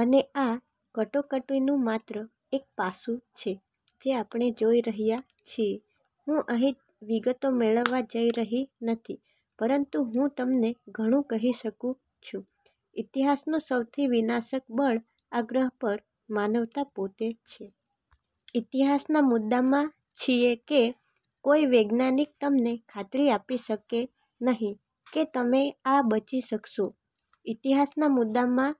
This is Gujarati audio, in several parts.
અને આ કટોકટીનુ માત્ર એક પાસું છે જે આપણે જોઈ રહ્યા છીએ. હું અહીં વિગતો મેળવવા જઇ રહી નથી પરંતુ હું તમને ઘણું કહી શકું છું. ઇતિહાસના સૌથી વિનાશક બળ આ ગ્રહ પર માનવતા પોતે છે. ઇતિહાસના મુદ્દામાં છીએ કે કોઈ વૈજ્ઞાનિક તમને ખાતરી આપી શકે નહીં કે તમે આ બચી શકશો. ઇતિહાસના મુદ્દામાં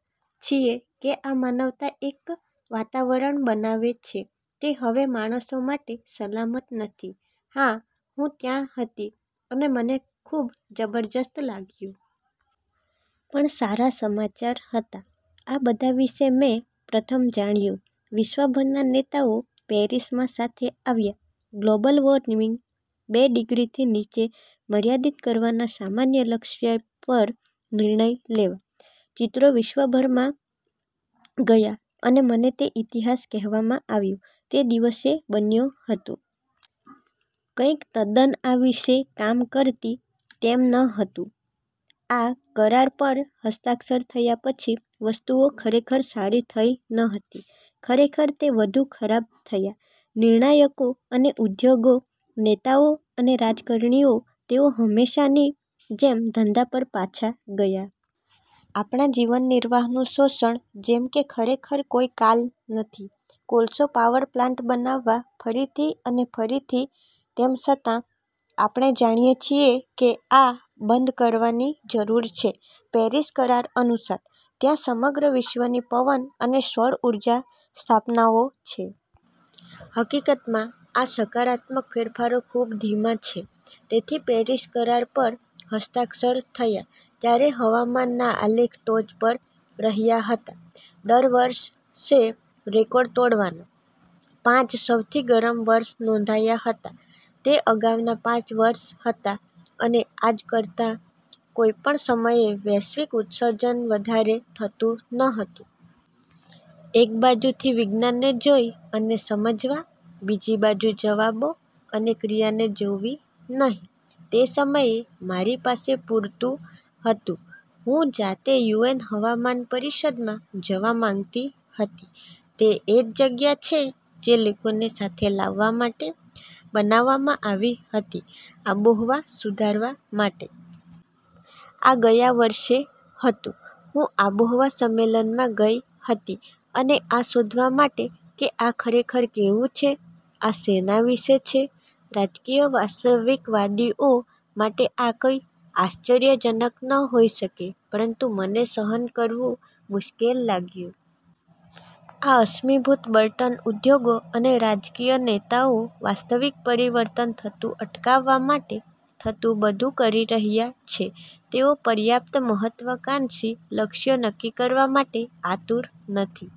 છીએ કે આ માનવતા એક વાતાવરણ બનાવે છે તે હવે માણસો માટે સલામત નથી. હા, હું ત્યાં હતી અને મને ખૂબ જબરજસ્ત લાગ્યું. પણ સારા સમાચાર હતા. આ બધા વિશે મે પ્રથમ જાણ્યું. વિશ્વભરના નેતાઓ પેરિસમાં સાથે આવ્યા ગ્લોબલ વોર્મિંગ બે ડિગ્રીથી નીચે મર્યાદિત કરવાના સામાન્ય લક્ષ્ય પર નિર્ણય લેવા. ચિત્રો વિશ્વભરમાં ગયા અને મને તે ઇતિહાસ કહેવામાં આવ્યો તે દિવસે બન્યો હતો. કંઈક તદ્દન આ વિશે કામ કરતી તેમ ન હતું. આ કરાર પર હસ્તાક્ષર થયા પછી વસ્તુઓ ખરેખર સારી થઈ ન હતી. ખરેખર, તે વધુ ખરાબ થયા. નિર્ણાયકો અને ઉદ્યોગો, નેતાઓ અને રાજકારણીઓ તેઓ હંમેશની જેમ ધંધા પર પાછા ગયા. આપણા જીવનનિર્વાહનું શોષણ જેમ કે ખરેખર કોઈ કાલ નથી. કોલસા પાવર પ્લાન્ટ બનાવવા ફરીથી અને ફરીથી તેમ છતાં આપણે જાણીએ છીએ કે આ બંધ કરવાની જરૂર છે પેરિસ કરાર અનુસાર. ત્યાં સમગ્ર વિશ્વની પવન અને સૌર ઊર્જા સ્થાપનાઓ છે. હકીકતમાં, આ સકારાત્મક ફેરફારો ખૂબ ધીમા છે. તેથી પેરિસ કરાર પર હસ્તાક્ષર થયા ત્યારે હવામાનના આલેખ ટોચ પર રહ્યા હતા દર વર્ષે રેકોર્ડ તોડવાના. પાંચ સૌથી ગરમ વર્ષ નોધાયાં હતા તે અગાઉના પાંચ વર્ષ હતા અને આજ કરતા કોઈપણ સમયે વૈશ્વિક ઉત્સર્જન વધારે થતું ન હતું. એક બાજુથી વિજ્ઞાન જોઈ અને સમજવા, બીજી બાજુ જવાબો અને ક્રિયાને જોવા નહીં. તે સમયે મારી પાસે પૂરતું હતું. હું જાતે યુએન હવામાનપરિષદમાં જવા માંગતી હતી. તે એ જ જગ્યા છે જે લોકોને સાથે લાવવા માટે બનાવવામાં આવી હતી આબોહવા સુધારવા માટે. આ ગયા વર્ષે હતું. હું આબોહવા સંમેલનમાં ગઈ હતી અને આ શોધવા માટે કે આ ખરેખર કેવું છે. આ સેના વિશે છે. રાજકીય વાસ્તવિકવાદીઓ માટે આ કોઈ આશ્ચર્યજનક ન હોઈ શકે પરંતુ મને સહન કરવું મુશ્કેલ લાગ્યું. આ અશ્મિભૂત બળતણ ઉદ્યોગો અને રાજકીય નેતાઓ વાસ્તવિક પરિવર્તન થતું અટકાવવા માટે થતું બધું કરી રહ્યા છે. તેઓ પર્યાપ્ત મહત્વાકાંક્ષી લક્ષ્યો નક્કી કરવા માટે આતુર નથી.